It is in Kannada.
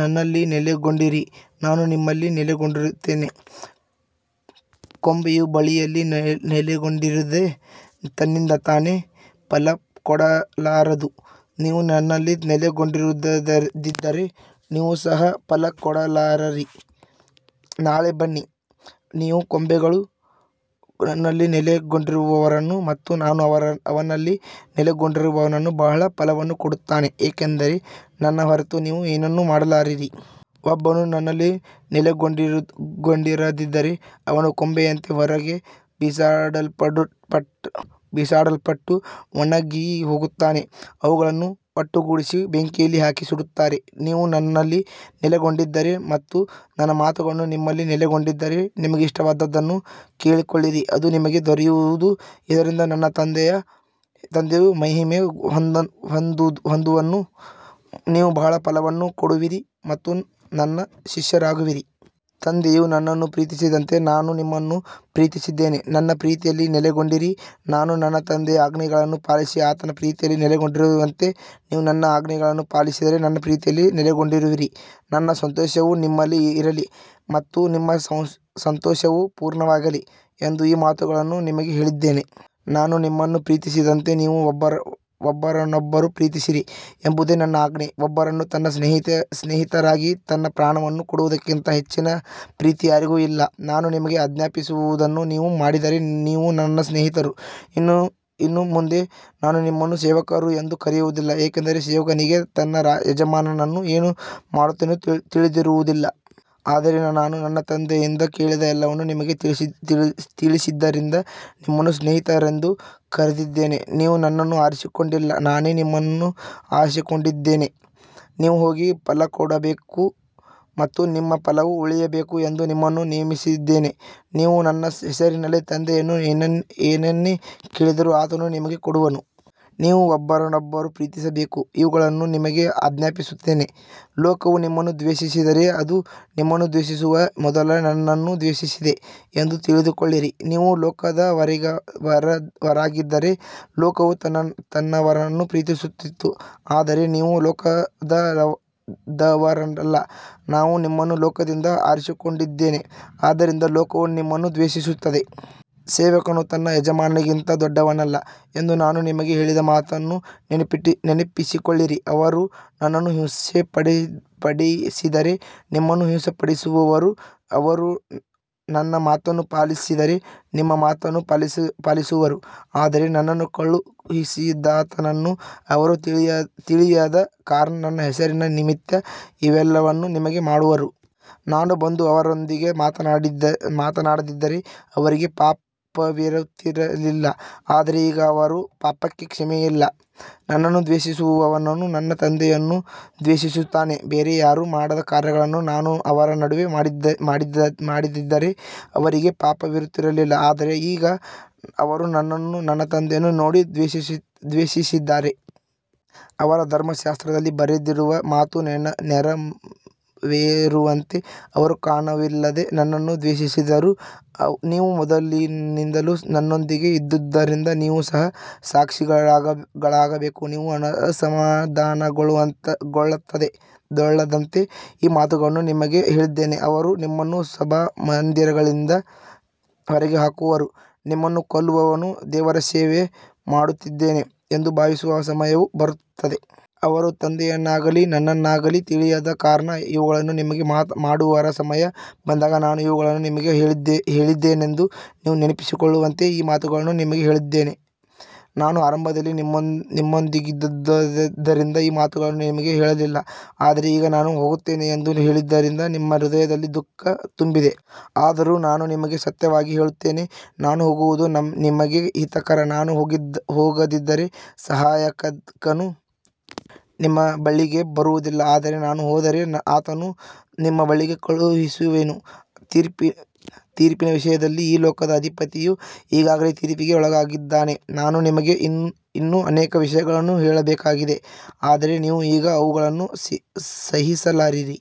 ನನ್ನಲ್ಲಿ ನೆಲೆಗೊಂಡಿರಿ, ನಾನೂ ನಿಮ್ಮಲ್ಲಿ ನೆಲೆಗೊಂಡಿರುತ್ತೇನೆ. ಕೊಂಬೆಯು ಬಳ್ಳಿಯಲ್ಲಿ ನೆಲೆಗೊಂಡಿರದೆ ತನ್ನಿಂದ ತಾನೇ ಫಲಕೊಡಲಾರದು. ನೀವು ನನ್ನಲ್ಲಿ ನೆಲೆಗೊಂಡಿರದಿದ್ದರೆ ನೀವು ಸಹ ಫಲಕೊಡಲಾರಿರಿ. ನಾನೇ ಬಳ್ಳಿ, ನೀವು ಕೊಂಬೆಗಳು. ನನ್ನಲ್ಲಿ ನೆಲೆಗೊಂಡಿರುವವನು ಮತ್ತು ನಾನು ಅವನಲ್ಲಿ ನೆಲೆಗೊಂಡಿರುವವನು ಬಹಳ ಫಲವನ್ನು ಕೊಡುತ್ತಾನೆ, ಏಕೆಂದರೆ ನನ್ನ ಹೊರತು ನೀವು ಏನನ್ನೂ ಮಾಡಲಾರಿರಿ. ಒಬ್ಬನು ನನ್ನಲ್ಲಿ ನೆಲೆಗೊಂಡಿರದಿದ್ದರೆ ಅವನು ಕೊಂಬೆಯಂತೆ ಹೊರಗೆ ಬಿಸಾಡಲ್ಪಟ್ಟು ಒಣಗಿಹೋಗುತ್ತಾನೆ. ಅವುಗಳನ್ನು ಒಟ್ಟುಗೂಡಿಸಿ ಬೆಂಕಿಯಲ್ಲಿ ಹಾಕಿ ಸುಡುತ್ತಾರೆ. ನೀವು ನನ್ನಲ್ಲಿ ನೆಲೆಗೊಂಡಿದ್ದರೆ ಮತ್ತು ನನ್ನ ಮಾತುಗಳು ನಿಮ್ಮಲ್ಲಿ ನೆಲೆಗೊಂಡಿದ್ದರೆ ನಿಮಗೆ ಇಷ್ಟವಾದದ್ದನ್ನು ಕೇಳಿಕೊಳ್ಳಿರಿ, ಅದು ನಿಮಗೆ ದೊರೆಯುವುದು. ಇದರಿಂದ ನನ್ನ ತಂದೆಯು ಮಹಿಮೆ ಹೊಂದುವನು, ನೀವು ಬಹಳ ಫಲವನ್ನು ಕೊಡುವಿರಿ ಮತ್ತು ನನ್ನ ಶಿಷ್ಯರಾಗುವಿರಿ. ತಂದೆಯು ನನ್ನನ್ನು ಪ್ರೀತಿಸಿದಂತೆ ನಾನೂ ನಿಮ್ಮನ್ನು ಪ್ರೀತಿಸಿದ್ದೇನೆ. ನನ್ನ ಪ್ರೀತಿಯಲ್ಲಿ ನೆಲೆಗೊಂಡಿರಿ. ನಾನು ನನ್ನ ತಂದೆಯ ಆಜ್ಞೆಗಳನ್ನು ಪಾಲಿಸಿ ಆತನ ಪ್ರೀತಿಯಲ್ಲಿ ನೆಲೆಗೊಂಡಿರುವಂತೆ, ನೀವು ನನ್ನ ಆಜ್ಞೆಗಳನ್ನು ಪಾಲಿಸಿದರೆ ನನ್ನ ಪ್ರೀತಿಯಲ್ಲಿ ನೆಲೆಗೊಂಡಿರುವಿರಿ. ನನ್ನ ಸಂತೋಷವು ನಿಮ್ಮಲ್ಲಿ ಇರಲಿ ಮತ್ತು ನಿಮ್ಮ ಸಂತೋಷವು ಪೂರ್ಣವಾಗಲಿ ಎಂದು ಈ ಮಾತುಗಳನ್ನು ನಿಮಗೆ ಹೇಳಿದ್ದೇನೆ. ನಾನು ನಿಮ್ಮನ್ನು ಪ್ರೀತಿಸಿದಂತೆ ನೀವೂ ಒಬ್ಬರನ್ನೊಬ್ಬರು ಪ್ರೀತಿಸಿರಿ ಎಂಬುದೇ ನನ್ನ ಆಜ್ಞೆ. ಒಬ್ಬನು ತನ್ನ ಸ್ನೇಹಿತರಿಗಾಗಿ ತನ್ನ ಪ್ರಾಣವನ್ನು ಕೊಡುವುದಕ್ಕಿಂತ ಹೆಚ್ಚಿನ ಪ್ರೀತಿ ಯಾರಿಗೂ ಇಲ್ಲ. ನಾನು ನಿಮಗೆ ಆಜ್ಞಾಪಿಸುವುದನ್ನು ನೀವು ಮಾಡಿದರೆ ನೀವು ನನ್ನ ಸ್ನೇಹಿತರು. ಇನ್ನು ಮುಂದೆ ನಾನು ನಿಮ್ಮನ್ನು ಸೇವಕರು ಎಂದು ಕರೆಯುವುದಿಲ್ಲ, ಏಕೆಂದರೆ ಸೇವಕನಿಗೆ ತನ್ನ ಯಜಮಾನನು ಏನು ಮಾಡುತ್ತಾನೆಂದು ತಿಳಿದಿರುವುದಿಲ್ಲ. ಆದರೆ ನಾನು ನನ್ನ ತಂದೆಯಿಂದ ಕೇಳಿದ ಎಲ್ಲವನ್ನೂ ನಿಮಗೆ ತಿಳಿಸಿದ್ದರಿಂದ ನಿಮ್ಮನ್ನು ಸ್ನೇಹಿತರೆಂದು ಕರೆದಿದ್ದೇನೆ. ನೀವು ನನ್ನನ್ನು ಆರಿಸಿಕೊಂಡಿಲ್ಲ, ನಾನೇ ನಿಮ್ಮನ್ನು ಆರಿಸಿಕೊಂಡಿದ್ದೇನೆ. ನೀವು ಹೋಗಿ ಫಲಕೊಡಬೇಕು ಮತ್ತು ನಿಮ್ಮ ಫಲವು ಉಳಿಯಬೇಕು ಎಂದು ನಿಮ್ಮನ್ನು ನೇಮಿಸಿದ್ದೇನೆ. ನೀವು ನನ್ನ ಹೆಸರಿನಲ್ಲಿ ತಂದೆಯನ್ನು ಏನನ್ನೇ ಕೇಳಿದರೂ ಆತನು ನಿಮಗೆ ಕೊಡುವನು. ನೀವು ಒಬ್ಬರನ್ನೊಬ್ಬರು ಪ್ರೀತಿಸಬೇಕೆಂದು ಇವುಗಳನ್ನು ನಿಮಗೆ ಆಜ್ಞಾಪಿಸುತ್ತೇನೆ. ಲೋಕವು ನಿಮ್ಮನ್ನು ದ್ವೇಷಿಸಿದರೆ, ಅದು ನಿಮ್ಮನ್ನು ದ್ವೇಷಿಸುವ ಮೊದಲು ನನ್ನನ್ನು ದ್ವೇಷಿಸಿದೆ ಎಂದು ತಿಳಿದುಕೊಳ್ಳಿರಿ. ನೀವು ಲೋಕದವರಾಗಿದ್ದರೆ ಲೋಕವು ತನ್ನವರನ್ನು ಪ್ರೀತಿಸುತ್ತಿತ್ತು. ಆದರೆ ನೀವು ಲೋಕದವರಲ್ಲ, ನಾನು ನಿಮ್ಮನ್ನು ಲೋಕದಿಂದ ಆರಿಸಿಕೊಂಡಿದ್ದೇನೆ. ಆದ್ದರಿಂದ ಲೋಕವು ನಿಮ್ಮನ್ನು ದ್ವೇಷಿಸುತ್ತದೆ. ಸೇವಕನು ತನ್ನ ಯಜಮಾನನಿಗಿಂತ ದೊಡ್ಡವನಲ್ಲ ಎಂದು ನಾನು ನಿಮಗೆ ಹೇಳಿದ ಮಾತನ್ನು ನೆನಪಿಸಿಕೊಳ್ಳಿರಿ. ಅವರು ನನ್ನನ್ನು ಹಿಂಸೆಪಡಿಸಿದರೆ ನಿಮ್ಮನ್ನೂ ಹಿಂಸೆಪಡಿಸುವರು. ಅವರು ನನ್ನ ಮಾತನ್ನು ಪಾಲಿಸಿದರೆ ನಿಮ್ಮ ಮಾತನ್ನೂ ಪಾಲಿಸುವರು. ಆದರೆ ನನ್ನನ್ನು ಕಳುಹಿಸಿದಾತನನ್ನು ಅವರು ತಿಳಿಯದ ಕಾರಣ ನನ್ನ ಹೆಸರಿನ ನಿಮಿತ್ತ ಇವೆಲ್ಲವನ್ನೂ ನಿಮಗೆ ಮಾಡುವರು. ನಾನು ಬಂದು ಅವರೊಂದಿಗೆ ಮಾತನಾಡದಿದ್ದರೆ ಅವರಿಗೆ ಪಾಪವಿರುತ್ತಿರಲಿಲ್ಲ. ಆದರೆ ಈಗ ಅವರ ಪಾಪಕ್ಕೆ ಕ್ಷಮೆಯಿಲ್ಲ. ನನ್ನನ್ನು ದ್ವೇಷಿಸುವವನು ನನ್ನ ತಂದೆಯನ್ನೂ ದ್ವೇಷಿಸುತ್ತಾನೆ. ಬೇರೆ ಯಾರೂ ಮಾಡದ ಕಾರ್ಯಗಳನ್ನು ನಾನು ಅವರ ನಡುವೆ ಮಾಡದಿದ್ದರೆ ಅವರಿಗೆ ಪಾಪವಿರುತ್ತಿರಲಿಲ್ಲ. ಆದರೆ ಈಗ ಅವರು ನನ್ನನ್ನೂ ನನ್ನ ತಂದೆಯನ್ನೂ ನೋಡಿ ದ್ವೇಷಿಸಿದ್ದಾರೆ. ಅವರ ಧರ್ಮಶಾಸ್ತ್ರದಲ್ಲಿ ಬರೆದಿರುವ ಮಾತು ನೆರವೇರುವಂತೆ ಅವರು ಕಾರಣವಿಲ್ಲದೆ ನನ್ನನ್ನು ದ್ವೇಷಿಸಿದರು. ನೀವು ಮೊದಲಿನಿಂದಲೂ ನನ್ನೊಂದಿಗೆ ಇದ್ದುದರಿಂದ ನೀವು ಸಹ ಸಾಕ್ಷಿಗಳಾಗಬೇಕು. ನೀವು ಅಸಮಾಧಾನಗೊಳ್ಳದಂತೆ ಈ ಮಾತುಗಳನ್ನು ನಿಮಗೆ ಹೇಳಿದ್ದೇನೆ. ಅವರು ನಿಮ್ಮನ್ನು ಸಭಾಮಂದಿರಗಳಿಂದ ಹೊರಗೆ ಹಾಕುವರು. ನಿಮ್ಮನ್ನು ಕೊಲ್ಲುವವನು ದೇವರ ಸೇವೆ ಮಾಡುತ್ತಿದ್ದೇನೆ ಎಂದು ಭಾವಿಸುವ ಸಮಯವೂ ಬರುತ್ತದೆ. ಅವರು ತಂದೆಯನ್ನಾಗಲಿ ನನ್ನನ್ನಾಗಲಿ ತಿಳಿಯದ ಕಾರಣ ಇವುಗಳನ್ನು ನಿಮಗೆ ಮಾಡುವರು. ಸಮಯ ಬಂದಾಗ ನಾನು ಇವುಗಳನ್ನು ನಿಮಗೆ ಹೇಳಿದ್ದೆನೆಂದು ನೀವು ನೆನಪಿಸಿಕೊಳ್ಳುವಂತೆ ಈ ಮಾತುಗಳನ್ನು ನಿಮಗೆ ಹೇಳಿದ್ದೇನೆ. ನಾನು ಆರಂಭದಲ್ಲಿ ನಿಮ್ಮೊಂದಿಗಿದ್ದುದರಿಂದ ಈ ಮಾತುಗಳನ್ನು ನಿಮಗೆ ಹೇಳಲಿಲ್ಲ. ಆದರೆ ಈಗ ನಾನು ಹೋಗುತ್ತೇನೆ ಎಂದು ಹೇಳಿದ್ದರಿಂದ ನಿಮ್ಮ ಹೃದಯದಲ್ಲಿ ದುಃಖ ತುಂಬಿದೆ. ಆದರೂ ನಾನು ನಿಮಗೆ ಸತ್ಯವಾಗಿ ಹೇಳುತ್ತೇನೆ, ನಾನು ಹೋಗುವುದು ನಿಮಗೆ ಹಿತಕರ. ನಾನು ಹೋಗದಿದ್ದರೆ ಸಹಾಯಕನು ನಿಮ್ಮ ಬಳಿಗೆ ಬರುವುದಿಲ್ಲ. ಆದರೆ ನಾನು ಹೋದರೆ ಆತನನ್ನು ನಿಮ್ಮ ಬಳಿಗೆ ಕಳುಹಿಸುವೆನು. ತೀರ್ಪಿನ ವಿಷಯದಲ್ಲಿ ಈ ಲೋಕದ ಅಧಿಪತಿಯು ಈಗಾಗಲೇ ತೀರ್ಪಿಗೆ ಒಳಗಾಗಿದ್ದಾನೆ. ನಾನು ನಿಮಗೆ ಇನ್ನೂ ಅನೇಕ ವಿಷಯಗಳನ್ನು ಹೇಳಬೇಕಾಗಿದೆ, ಆದರೆ ನೀವು ಈಗ ಅವುಗಳನ್ನು ಸಹಿಸಲಾರಿರಿ.